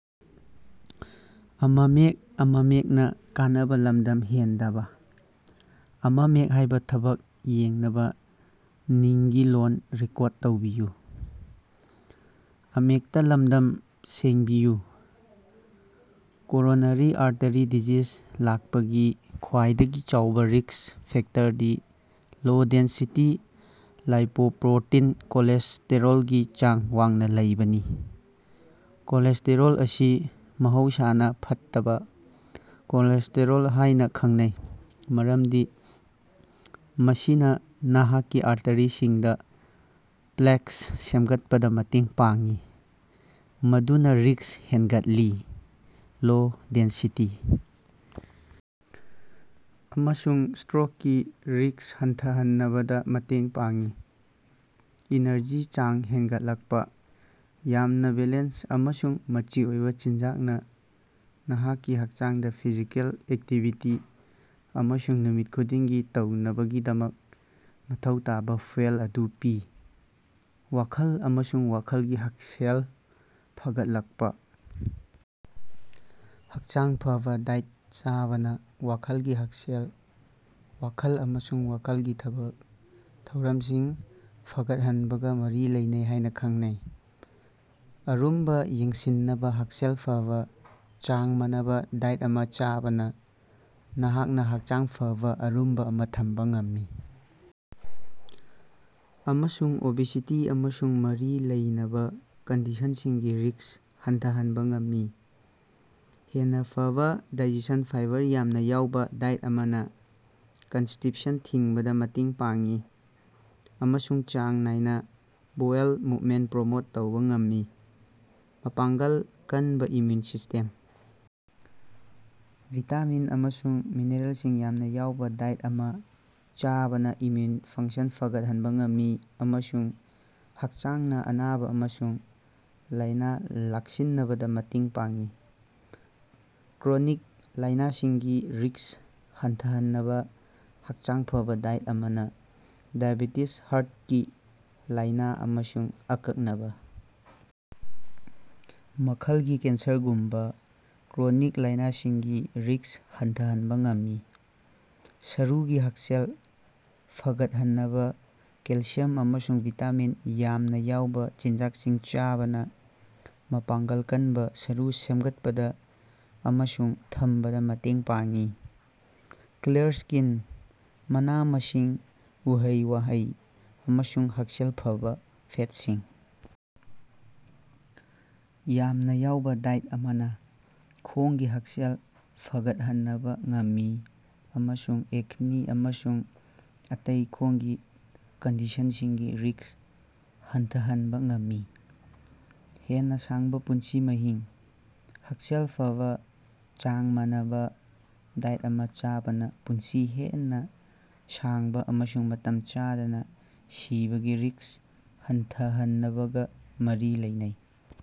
Coronary artery disease ꯂꯥꯛꯄꯒꯤ ꯈ꯭ꯋꯥꯏꯗꯒꯤ ꯆꯥꯎꯕ ꯔꯤꯛꯁ ꯐꯦꯛꯇꯔꯗꯤ ꯂꯣ-ꯗꯦꯟꯁꯤꯇꯤ ꯂꯥꯏꯄꯣꯄ꯭ꯔꯣꯇꯤꯟ ꯀꯣꯂꯦꯁꯇꯦꯔꯣꯜꯒꯤ ꯆꯥꯡ ꯋꯥꯡꯅ ꯂꯩꯕꯅꯤ꯫ ꯀꯣꯂꯦꯁꯇꯦꯔꯣꯜ ꯑꯁꯤ ꯃꯍꯧꯁꯅꯥ "ꯐꯠꯇꯕꯥ" ꯀꯣꯂꯦꯁꯇꯦꯔꯣꯜ ꯍꯥꯏꯅ ꯈꯪꯅꯩ ꯃꯔꯝꯗꯤ ꯃꯁꯤꯅ ꯅꯍꯥꯛꯀꯤ ꯑꯥꯔꯇꯦꯔꯤꯁꯤꯡꯗꯥ ꯄ꯭ꯂꯦꯛ ꯁꯦꯝꯒꯠꯄꯗ ꯃꯇꯦꯡ ꯄꯥꯡꯏ, ꯃꯗꯨꯅ ꯔꯤꯛꯁ ꯍꯦꯟꯒꯠꯍꯜꯂꯤ꯫ ꯂꯣ-ꯗꯦꯟꯁꯤꯇꯤ ꯑꯃꯁꯨꯡ ꯁꯇ꯭ꯔꯣꯛꯀꯤ ꯔꯤꯛꯁ ꯍꯟꯊꯍꯟꯅꯕꯗ ꯃꯇꯦꯡ ꯄꯥꯡꯏ꯫ ꯑꯦꯅꯔꯖꯤꯒꯤ ꯆꯥꯡ ꯍꯦꯟꯒꯠꯂꯛꯄ: ꯌꯥꯝꯅ ꯕꯦꯂꯦꯟꯁ ꯑꯃꯁꯨꯡ ꯃꯆꯤ ꯑꯣꯏꯕ ꯆꯤꯟꯖꯥꯛꯅ ꯅꯍꯥꯛꯀꯤ ꯍꯛꯆꯥꯡꯗ ꯐꯤꯖꯤꯀꯦꯜ ꯑꯦꯛꯇꯤꯚꯤꯇꯤ ꯑꯃꯁꯨꯡ ꯅꯨꯃꯤꯠ ꯈꯨꯗꯤꯡꯒꯤ ꯇꯧꯅꯕꯒꯤꯗꯃꯛ ꯃꯊꯧ ꯇꯥꯕꯥ ꯐ꯭ꯌꯨꯑꯦꯜ ꯑꯗꯨ ꯄꯤ꯫ ꯋꯥꯈꯜ ꯑꯃꯁꯨꯡ ꯋꯥꯈꯜꯒꯤ ꯍꯛꯁꯦꯜ ꯐꯒꯠꯂꯀꯄ: ꯍꯛꯆꯥꯡ ꯐꯕꯥ ꯗꯥꯏꯠ ꯑꯃ ꯆꯥꯕꯅ ꯋꯥꯈꯜꯒꯤ ꯍꯛꯁꯦꯜ, ꯋꯥꯈꯜ ꯑꯃꯁꯨꯡ ꯋꯥꯈꯜꯒꯤ ꯊꯕꯛ ꯊꯧꯔꯝꯁꯤꯡ ꯐꯒꯠꯍꯟꯕꯒ ꯃꯔꯤ ꯂꯩꯅꯩ ꯍꯥꯏꯅ ꯂꯧꯅꯩ꯫ ꯑꯔꯨꯝꯕ ꯌꯦꯡꯁꯤꯟꯅꯕꯥ: ꯍꯛꯁꯦꯜ ꯐꯕꯥ, ꯆꯥꯡ ꯃꯥꯟꯅꯕ ꯗꯥꯏꯠ ꯑꯃ ꯆꯥꯕꯅ ꯅꯍꯥꯛꯅ ꯍꯛꯆꯥꯡ ꯐꯕ ꯑꯔꯨꯝꯕ ꯑꯃ ꯊꯝꯕ ꯉꯝꯃꯤ ꯑꯃꯁꯨꯡ ꯑꯣꯕꯦꯁꯤꯇꯤ ꯑꯃꯁꯨꯡ ꯃꯔꯤ ꯂꯩꯅꯕ ꯀꯟꯗꯤꯁꯟꯁꯤꯡꯒꯤ ꯔꯤꯛꯁ ꯍꯟꯊꯍꯟꯕ ꯉꯝꯃꯤ꯫ ꯍꯦꯟꯅ ꯐꯕꯥ ꯗꯥꯏꯖꯦꯁꯟ: ꯐꯥꯏꯕꯔ ꯌꯥꯝꯅ ꯌꯥꯎꯕ ꯗꯥꯏꯠ ꯑꯃꯅ ꯀꯟꯁꯇꯤꯞꯁꯟ ꯊꯤꯡꯕꯗ ꯃꯇꯦꯡ ꯄꯥꯡꯏ ꯑꯃꯁꯨꯡ ꯆꯥꯡ ꯅꯥꯏꯅ ꯕꯣꯋꯦꯜ ꯃꯨꯞꯃꯦꯟ ꯄ꯭ꯔꯣꯃꯣꯠ ꯇꯧꯕ ꯉꯝꯃꯤ꯫ ꯃꯄꯥꯡꯒꯜ ꯀꯟꯕ ꯏꯝꯃ꯭ꯌꯨꯟ ꯁꯤꯁꯇꯦꯝ: ꯚꯤꯇꯥꯃꯤꯟ ꯑꯃꯁꯨꯡ ꯃꯤꯅꯔꯦꯜꯁꯤꯡ ꯌꯥꯝꯅ ꯌꯥꯎꯕ ꯗꯥꯏꯠ ꯑꯃ ꯆꯥꯕꯅ ꯏꯝꯃ꯭ꯌꯨꯟ ꯐꯪꯁꯟ ꯐꯒꯠꯍꯟꯕ ꯉꯝꯃꯤ ꯑꯃꯁꯨꯡ ꯍꯛꯆꯥꯡꯅ ꯑꯅꯥꯕ ꯑꯃꯁꯨꯡ ꯂꯥꯏꯅ ꯂꯥꯛꯁꯤꯟꯅꯕꯗ ꯃꯇꯦꯡ ꯄꯥꯡꯏ꯫ ꯀ꯭ꯔꯣꯅꯤꯛ ꯂꯥꯢꯅꯁꯤꯡꯒꯤ ꯔꯤꯛꯁ ꯍꯟꯊꯥꯍꯟꯅꯕ: ꯍꯛꯆꯥꯡ ꯐꯕꯥ ꯗꯥꯏꯠ ꯑꯃꯅ ꯗꯥꯏꯑꯦꯕꯦꯇꯤꯖ, ꯍꯥꯔꯠꯀꯤ ꯂꯥꯢꯅ, ꯑꯃꯁꯨꯡ ꯑꯀꯛꯅꯕ ꯃꯈꯜꯒꯤ ꯀꯦꯟꯁꯔꯒꯨꯝꯕꯥ ꯀ꯭ꯔꯣꯅꯤꯛ ꯂꯥꯢꯅꯥꯁꯤꯡꯒꯤ ꯔꯤꯛꯁ ꯍꯟꯊꯥꯍꯟꯕ ꯉꯝꯃꯤ꯫ ꯁꯔꯨꯒꯤ ꯍꯛꯁꯦꯜ ꯐꯒꯠꯍꯟꯅꯕꯥ: ꯀꯦꯜꯁꯤꯌꯝ ꯑꯃꯁꯨꯡ ꯚꯤꯇꯥꯃꯤꯟ ꯌꯥꯝꯅ ꯌꯥꯎꯕ ꯆꯤꯟꯖꯥꯛꯁꯤꯡ ꯆꯥꯕꯅ ꯃꯄꯥꯡꯒꯜ ꯀꯟꯕꯥ ꯁꯔꯨ ꯁꯦꯝꯒꯠꯄꯗ ꯑꯃꯁꯨꯡ ꯊꯝꯕꯗꯥ ꯃꯇꯦꯡ ꯄꯥꯡꯏ꯫ ꯀ꯭ꯂꯤꯌꯥꯔ ꯁ꯭ꯀꯤꯟ: ꯃꯅꯥ-ꯃꯁꯤꯡ, ꯎꯍꯩ-ꯋꯥꯍꯩ ꯑꯃꯁꯨꯡ ꯍꯛꯁꯦꯜ ꯐꯕꯥ ꯐꯦꯠꯁꯤꯡ ꯌꯥꯝꯅ ꯌꯥꯎꯕ ꯗꯥꯏꯠ ꯑꯃꯅ ꯈꯣꯡꯒꯤ ꯍꯛꯁꯦꯜ ꯐꯒꯠꯍꯟꯅꯕ ꯉꯝꯃꯤ ꯑꯃꯁꯨꯡ ꯑꯦꯛꯅꯤ ꯑꯃꯁꯨꯡ ꯑꯇꯩ ꯈꯣꯡꯒꯤ ꯀꯟꯗꯤꯁꯟꯁꯤꯡꯒꯤ ꯔꯤꯛꯁ ꯍꯟꯊꯥꯍꯟꯕ ꯉꯝꯃꯤ꯫ ꯍꯦꯟꯅ ꯁꯥꯡꯕ ꯄꯨꯟꯁꯤ ꯃꯍꯤꯡ: ꯍꯛꯁꯦꯜ ꯐꯕꯥ, ꯆꯥꯡ ꯃꯥꯟꯅꯕ ꯗꯥꯏꯠ ꯑꯃ ꯆꯥꯕꯅ ꯄꯨꯟꯁꯤ ꯍꯦꯟꯅ ꯁꯥꯡꯕ ꯑꯃꯁꯨꯡ ꯃꯇꯝ ꯆꯥꯗꯅ ꯁꯤꯕꯒꯤ ꯔꯤꯛꯁ ꯍꯟꯊꯥꯍꯟꯅꯕꯒ ꯃꯔꯤ ꯂꯩꯅꯩ꯫